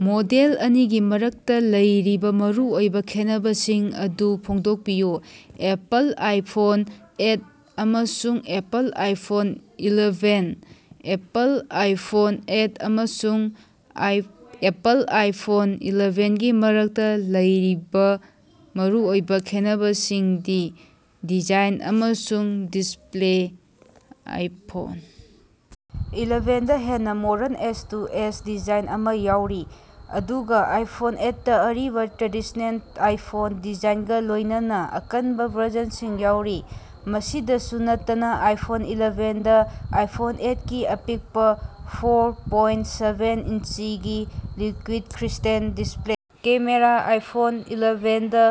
Model ꯑꯅꯤꯒꯤ ꯃꯔꯛꯇ ꯂꯩꯕ ꯃꯔꯨꯑꯣꯏꯕ ꯈꯦꯠꯅꯕꯁꯤꯡ ꯑꯗꯨ ꯐꯣꯡꯗꯣꯛꯄꯤꯌꯨ, ꯑꯦꯄꯜ ꯑꯥꯏꯐꯣꯟ ꯑꯦꯠ ꯑꯃꯁꯨꯡ Apple iPhone eleven. Apple iPhone eight ꯑꯃꯁꯨꯡ ꯑꯦꯄꯜ ꯑꯥꯏꯐꯣꯟ ꯏꯂꯥꯚꯦꯟꯒꯤ ꯃꯔꯛꯇ ꯂꯩꯕ ꯃꯔꯨꯑꯣꯏꯕ ꯈꯦꯠꯅꯕꯁꯤꯡꯗꯤ - ꯗꯤꯖꯥꯏꯟ ꯑꯃꯁꯨꯡ ꯗꯤꯁꯄ꯭ꯂꯦ - ꯑꯥꯏꯐꯣꯟ ꯏꯂꯥꯚꯦꯟꯗꯥ ꯍꯦꯟꯅ ꯃꯣꯗ꯭ꯔꯟ, ꯑꯦꯖ-ꯇꯨ-ꯑꯦꯖ ꯗꯤꯖꯥꯏꯟ ꯑꯃ ꯌꯥꯎꯔꯤ, ꯑꯗꯨꯒ ꯑꯥꯏꯐꯣꯟ ꯑꯦꯠ ꯇꯥ ꯑꯔꯤꯕ, ꯇ꯭ꯔꯦꯗꯤꯁ꯭ꯅꯦꯜ ꯑꯥꯏꯐꯣꯟ ꯗꯤꯖꯥꯏꯟꯒ ꯂꯣꯏꯅꯅꯥ ꯑꯀꯟꯕ ꯕꯔꯖꯟꯁꯤꯡ ꯌꯥꯎꯔꯤ꯫ ꯃꯁꯤꯗꯁꯨ ꯅꯠꯇꯅꯥ ꯑꯥꯏꯐꯣꯟ ꯏꯂꯥꯚꯦꯟꯗꯥ ꯑꯥꯏꯐꯣꯟ ꯑꯦꯠꯀꯤ ꯑꯄꯤꯛꯄ, ꯐꯣꯔ ꯄꯣꯏꯟ ꯁꯥꯚꯦꯟ ꯏꯟꯆꯤꯒꯤ liquid crystal display camera - iPhone ꯏꯂꯥꯚꯦꯟꯗꯥ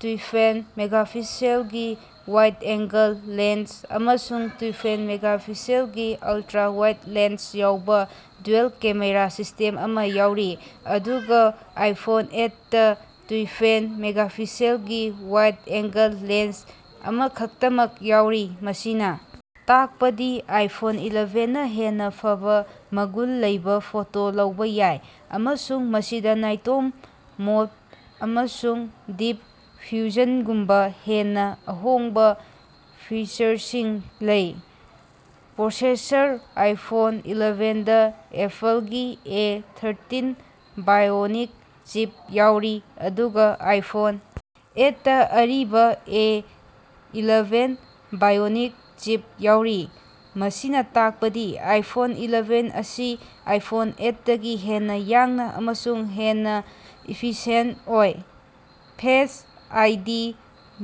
ꯇꯨꯏꯋ꯭ꯐꯦꯜ ꯃꯦꯒꯥꯄꯤꯛꯁꯦꯜꯒꯤ ꯋꯥꯏꯗ ꯑꯦꯡꯒꯜ ꯂꯦꯟꯁ ꯑꯃꯁꯨꯡ ꯇꯨꯏꯋ꯭ꯐꯦꯜ ꯃꯦꯒꯥꯄꯤꯛꯁꯦꯜꯒꯤ ꯑꯜꯇꯔꯥ ꯋꯥꯏꯗ ꯂꯦꯟꯁ ꯌꯥꯎꯕ ꯗ꯭ꯌꯨꯑꯦꯜ ꯀꯦꯃꯦꯔꯥ ꯁꯤꯁꯇꯦꯝ ꯑꯃ ꯌꯥꯎꯔꯤ, ꯑꯗꯨꯒ ꯑꯥꯏꯐꯣꯟ ꯑꯦꯠ ꯇꯥ ꯇꯨꯏꯋ꯭ꯐꯦꯜ ꯃꯦꯒꯥꯄꯤꯛꯁꯦꯜꯒꯤ ꯋꯥꯏꯗ ꯑꯦꯡꯒꯜ ꯂꯦꯟꯁ ꯑꯃꯈꯛꯇꯃꯛ ꯌꯥꯎꯔꯤ꯫ ꯃꯁꯤꯅ ꯇꯥꯛꯄꯗꯤ ꯑꯥꯏꯐꯣꯟ ꯏꯂꯥꯚꯦꯟꯅꯥ ꯍꯦꯟꯅ ꯐꯕꯥ ꯃꯒꯨꯟ ꯂꯩꯕ ꯐꯣꯇꯣ ꯂꯧꯕ ꯌꯥꯏ ꯑꯃꯁꯨꯡ ꯃꯁꯤꯗ ꯅꯥꯏꯇꯣꯝ ꯃꯣꯗ ꯑꯃꯁꯨꯡ ꯗꯤꯞ ꯐ꯭ꯌꯨꯖꯟꯒꯨꯝꯕ ꯍꯦꯟꯅ ꯑꯍꯣꯡꯕ ꯐꯤꯆꯔꯁꯤꯡ ꯂꯩ꯫ ꯄ꯭ꯔꯣꯁꯦꯁꯔ - ꯑꯥꯏꯐꯣꯟ ꯏꯂꯥꯚꯦꯟꯗꯥ ꯑꯦꯄꯜꯒꯤ ꯑꯦ ꯊ꯭ꯔꯥꯇꯤꯟ ꯕꯥꯏꯑꯣꯅꯤꯛ ꯆꯤꯞ ꯌꯥꯎꯔꯤ, ꯑꯗꯨꯒ ꯑꯥꯏꯐꯣꯟ ꯑꯦꯠ ꯇꯥ ꯑꯔꯤꯕ ꯑꯦ ꯏꯂꯥꯚꯦꯟ ꯕꯥꯏꯑꯣꯅꯤꯛ ꯆꯤꯞ ꯌꯥꯎꯔꯤ꯫ ꯃꯁꯤꯅ ꯇꯥꯛꯄꯗꯤ ꯑꯥꯏꯐꯣꯟ ꯏꯂꯥꯚꯦꯟ ꯑꯁꯤ ꯑꯥꯏꯐꯣꯟ ꯑꯦꯠ ꯇꯒꯤ ꯍꯦꯟꯅ ꯌꯥꯡꯅ ꯑꯃꯁꯨꯡ ꯍꯦꯟꯅ ꯏꯐꯤꯁꯤꯌꯦꯟꯇ ꯑꯣꯏ꯫ ꯐꯦꯁ ꯑꯥꯏꯗꯤ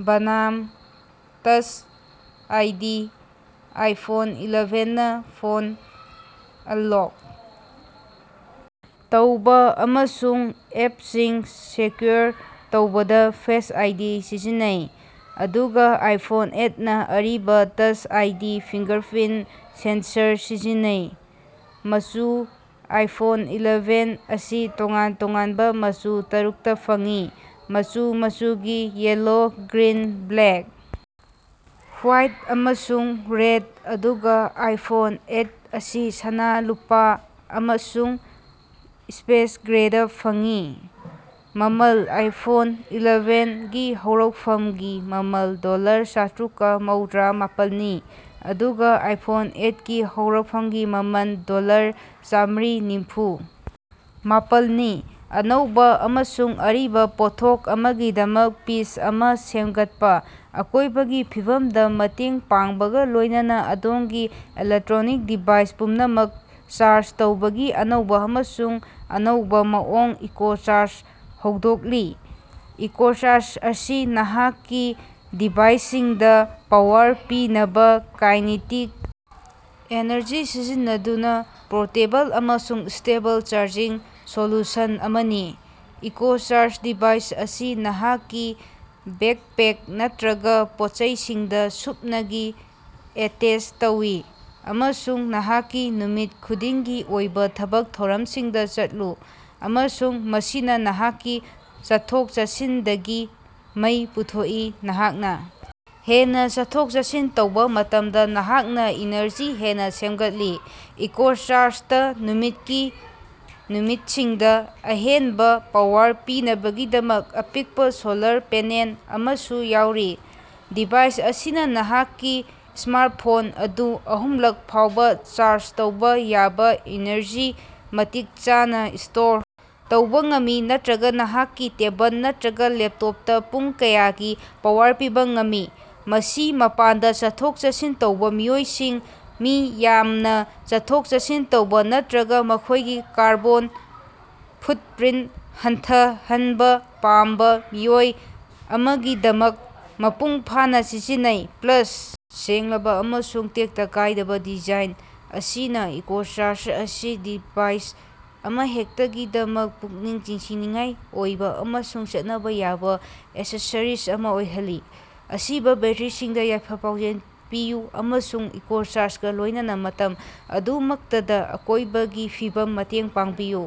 ꯕꯅꯥꯝ ꯇꯆ ꯑꯥꯏꯗꯤ - ꯑꯥꯏꯐꯣꯟ ꯏꯂꯥꯚꯦꯟ ꯅꯥ ꯐꯣꯟ ꯑꯟꯂꯣꯛ ꯇꯧꯕ ꯑꯃꯁꯨꯡ ꯑꯦꯞꯁꯤꯡ ꯁꯦꯀ꯭ꯌꯨꯔ ꯇꯧꯕꯗ ꯐꯦꯁ ꯑꯥꯏꯗꯤ ꯁꯤꯖꯤꯟꯅꯩ, ꯑꯗꯨꯒ ꯑꯥꯏꯐꯣꯟ ꯑꯦꯠ ꯅꯥ ꯑꯔꯤꯕ ꯇꯆ ꯑꯥꯏꯗꯤ ꯐꯤꯡꯒꯔꯄ꯭ꯔꯤꯟꯇ ꯁꯦꯟꯁꯔ ꯁꯤꯖꯤꯟꯅꯩ꯫ ꯃꯆꯨ - ꯑꯥꯏꯐꯣꯟ ꯏꯂꯥꯚꯦꯟ ꯑꯁꯤ ꯇꯣꯉꯥꯟ ꯇꯣꯉꯥꯟꯕ ꯃꯆꯨ ꯇꯔꯨꯛꯇꯥ ꯐꯪꯏ, ꯃꯆꯨ ꯃꯆꯨꯒꯤ, ꯌꯦꯜꯂꯣ, ꯒ꯭ꯔꯤꯟ, ꯕ꯭ꯂꯦꯛ, ꯍꯣꯋꯥꯏꯠ ꯑꯃꯁꯨꯡ ꯔꯦꯗ, ꯑꯗꯨꯒ ꯑꯥꯏꯐꯣꯟ ꯑꯦꯠ ꯑꯁꯤ ꯁꯅꯥ, ꯂꯨꯄꯥ ꯑꯃꯁꯨꯡ ꯁ꯭ꯄꯦꯁ ꯒ꯭ꯔꯦꯗꯥ ꯐꯪꯏ꯫ ꯃꯃꯜ - ꯑꯥꯏꯐꯣꯟ ꯏꯂꯥꯚꯦꯟ ꯒꯤ ꯍꯧꯔꯛꯐꯝꯒꯤ ꯃꯃꯜ ꯗꯣꯂꯔ ꯆꯇ꯭ꯔꯨꯛꯀ ꯃꯧꯗ꯭ꯔꯥ ꯃꯄꯜꯅꯤ, ꯑꯗꯨꯒ ꯑꯥꯏꯐꯣꯟ ꯑꯦꯠ ꯒꯤ ꯍꯧꯔꯛꯄꯒꯤ ꯃꯃꯜ ꯗꯣꯂꯔ ꯆꯥꯃ꯭ꯔꯤ ꯅꯤꯐꯨ ꯃꯄꯜꯅꯤ꯫ ꯑꯅꯧꯕ ꯑꯃꯁꯨꯡ ꯑꯔꯤꯕ ꯄꯣꯠꯊꯣꯛ ꯑꯃꯒꯤꯗꯃꯛ ꯄꯤꯆ ꯑꯃ ꯁꯦꯝꯒꯠꯄ꯫ ꯑꯀꯣꯏꯕꯒꯤ ꯐꯤꯕꯝꯗ ꯃꯇꯦꯡ ꯄꯥꯡꯕꯒ ꯂꯣꯏꯅꯅ ꯑꯗꯣꯝꯒꯤ ꯏꯂꯦꯛꯇ꯭ꯔꯣꯅꯤꯛ ꯗꯤꯚꯥꯏꯁ ꯄꯨꯝꯅꯃꯛ ꯆꯥꯔꯖ ꯇꯧꯕꯒꯤ ꯑꯅꯧꯕ ꯑꯃꯁꯨꯡ ꯑꯅꯧꯕ ꯃꯑꯣꯡ ꯏꯀꯣꯆꯥꯔꯖ ꯍꯧꯗꯣꯛꯂꯤ꯫ ꯏꯀꯣꯆꯥꯔꯖ ꯑꯁꯤ ꯅꯍꯥꯛꯀꯤ ꯗꯤꯚꯥꯏꯁꯁꯤꯡꯗ ꯄꯥꯋꯔ ꯄꯤꯅꯕꯥ ꯀꯥꯏꯅꯦꯇꯤꯛ ꯑꯦꯅꯔꯖꯤ ꯁꯤꯖꯤꯟꯅꯗꯨꯅ ꯄꯣꯔꯇꯦꯕꯜ ꯑꯃꯁꯨꯡ ꯁꯁꯇꯦꯅꯦꯕꯜ ꯆꯥꯔꯖꯤꯡ ꯁꯣꯂꯨꯁꯟ ꯑꯃꯅꯤ꯫ ꯏꯀꯣꯆꯥꯔꯖ ꯗꯤꯚꯥꯏꯁ ꯑꯁꯤ ꯅꯍꯥꯛꯀꯤ ꯕꯦꯛꯄꯦꯛ ꯅꯠꯇꯔꯒ ꯄꯣꯠꯆꯩꯁꯤꯡꯗ ꯁꯨꯞꯅꯒꯤ ꯑꯦꯇꯦꯆ ꯇꯧ ꯑꯃꯁꯨꯡ ꯅꯍꯥꯛꯀꯤ ꯅꯨꯃꯤꯠ ꯈꯨꯗꯤꯡꯒꯤ ꯑꯣꯏꯕ ꯊꯕꯛ ꯊꯧꯔꯝꯁꯤꯡꯗ ꯆꯠꯂꯨ, ꯑꯃꯁꯨꯡ ꯃꯁꯤꯅ ꯅꯍꯥꯛꯀꯤ ꯆꯠꯊꯣꯛ-ꯆꯠꯁꯤꯟꯗꯒꯤ ꯃꯩ ꯄꯨꯊꯣꯛꯏ꯫ ꯅꯍꯥꯛꯅ ꯍꯦꯟꯅ ꯆꯠꯊꯣꯛ-ꯆꯠꯁꯤꯟ ꯇꯧꯕ ꯃꯇꯝꯗ, ꯅꯍꯥꯛꯅ ꯏꯅꯔꯖꯤ ꯍꯦꯟꯅ ꯁꯦꯝꯒꯠꯂꯤ꯫ ꯏꯀꯣꯆꯥꯔꯖꯇꯥ ꯅꯨꯃꯤꯠꯀꯤ ꯅꯨꯃꯤꯠꯁꯤꯡꯗ ꯑꯍꯦꯟꯕ ꯄꯥꯋꯔ ꯄꯤꯅꯕꯒꯤꯗꯃꯛ ꯑꯄꯤꯛꯄ ꯁꯣꯂꯥꯔ ꯄꯦꯅꯦꯜ ꯑꯃꯁꯨ ꯌꯥꯎꯔꯤ꯫ ꯗꯤꯚꯥꯏꯁ ꯑꯁꯤꯅ ꯅꯍꯥꯛꯀꯤ ꯁ꯭ꯃꯥꯔꯠꯐꯣꯟ ꯑꯗꯨ ꯑꯍꯨꯝꯂꯛ ꯐꯥꯎꯕ ꯆꯥꯔꯖ ꯇꯧꯕ ꯌꯥꯕ ꯑꯦꯅꯔꯖꯤ ꯃꯇꯤꯛ ꯆꯥꯅ ꯁ꯭ꯇꯣꯔ ꯇꯧꯕ ꯉꯝꯃꯤ ꯅꯠꯇꯔꯒ ꯅꯍꯥꯛꯀꯤ ꯇꯦꯕꯜ ꯅꯠꯇꯔꯒ ꯂꯦꯞꯇꯣꯞꯇ ꯄꯨꯡ ꯀꯌꯥꯒꯤ ꯄꯥꯋꯔ ꯄꯤꯕ ꯉꯝꯃꯤ꯫ ꯃꯁꯤ ꯃꯄꯥꯟꯗ ꯆꯠꯊꯣꯛ-ꯆꯠꯁꯤꯟ ꯇꯧꯕ ꯃꯤꯑꯣꯏꯁꯤꯡ, ꯃꯤ ꯌꯥꯝꯅ ꯆꯠꯊꯣꯛ-ꯆꯠꯁꯤꯟ ꯇꯧꯕ ꯅꯠꯇꯔꯒ ꯃꯈꯣꯏꯒꯤ ꯀꯥꯔꯕꯣꯟ ꯐꯨꯠꯄ꯭ꯔꯤꯟꯇ ꯍꯟꯊꯍꯟꯕ ꯄꯥꯝꯕ ꯃꯤꯑꯣꯏ ꯑꯃꯒꯤꯗꯃꯛ ꯃꯄꯨꯡ ꯐꯥꯅ ꯁꯤꯖꯤꯟꯅꯩ꯫ ꯄ꯭ꯂꯥꯁ, ꯁꯦꯡꯂꯕꯥ ꯑꯃꯁꯨꯡ ꯇꯦꯛꯇ ꯀꯥꯏꯗꯕꯥ ꯗꯤꯖꯥꯏꯟ ꯑꯁꯤꯅ ꯏꯀꯣꯆꯥꯔꯖ ꯑꯁꯤ ꯗꯤꯚꯥꯏꯁ ꯑꯃꯍꯦꯛꯇꯒꯤꯗꯃꯛ ꯄꯨꯛꯅꯤꯡ ꯆꯤꯡꯁꯤꯟꯅꯤꯡꯉꯥꯏ ꯑꯣꯏꯕ ꯑꯃꯁꯨꯡ ꯆꯠꯅꯕ ꯌꯥꯕ ꯑꯦꯛꯁꯦꯁꯔꯤꯖ ꯑꯃ ꯑꯣꯏꯍꯜꯂꯤ꯫ ꯑꯁꯤꯕ ꯕꯦꯠꯇꯔꯤꯁꯤꯡꯗ ꯌꯥꯏꯐ-ꯄꯥꯎꯖꯦꯜ ꯄꯤꯌꯨ ꯑꯃꯁꯨꯡ ꯏꯀꯣꯆꯥꯔꯖꯒꯥ ꯂꯣꯏꯅꯅꯥ ꯃꯇꯝ ꯑꯗꯨꯃꯛꯇꯗꯥ ꯑꯀꯣꯏꯕꯒꯤ ꯐꯤꯕꯝꯗ ꯃꯇꯦꯡ ꯄꯥꯡꯕꯤꯌꯨ꯫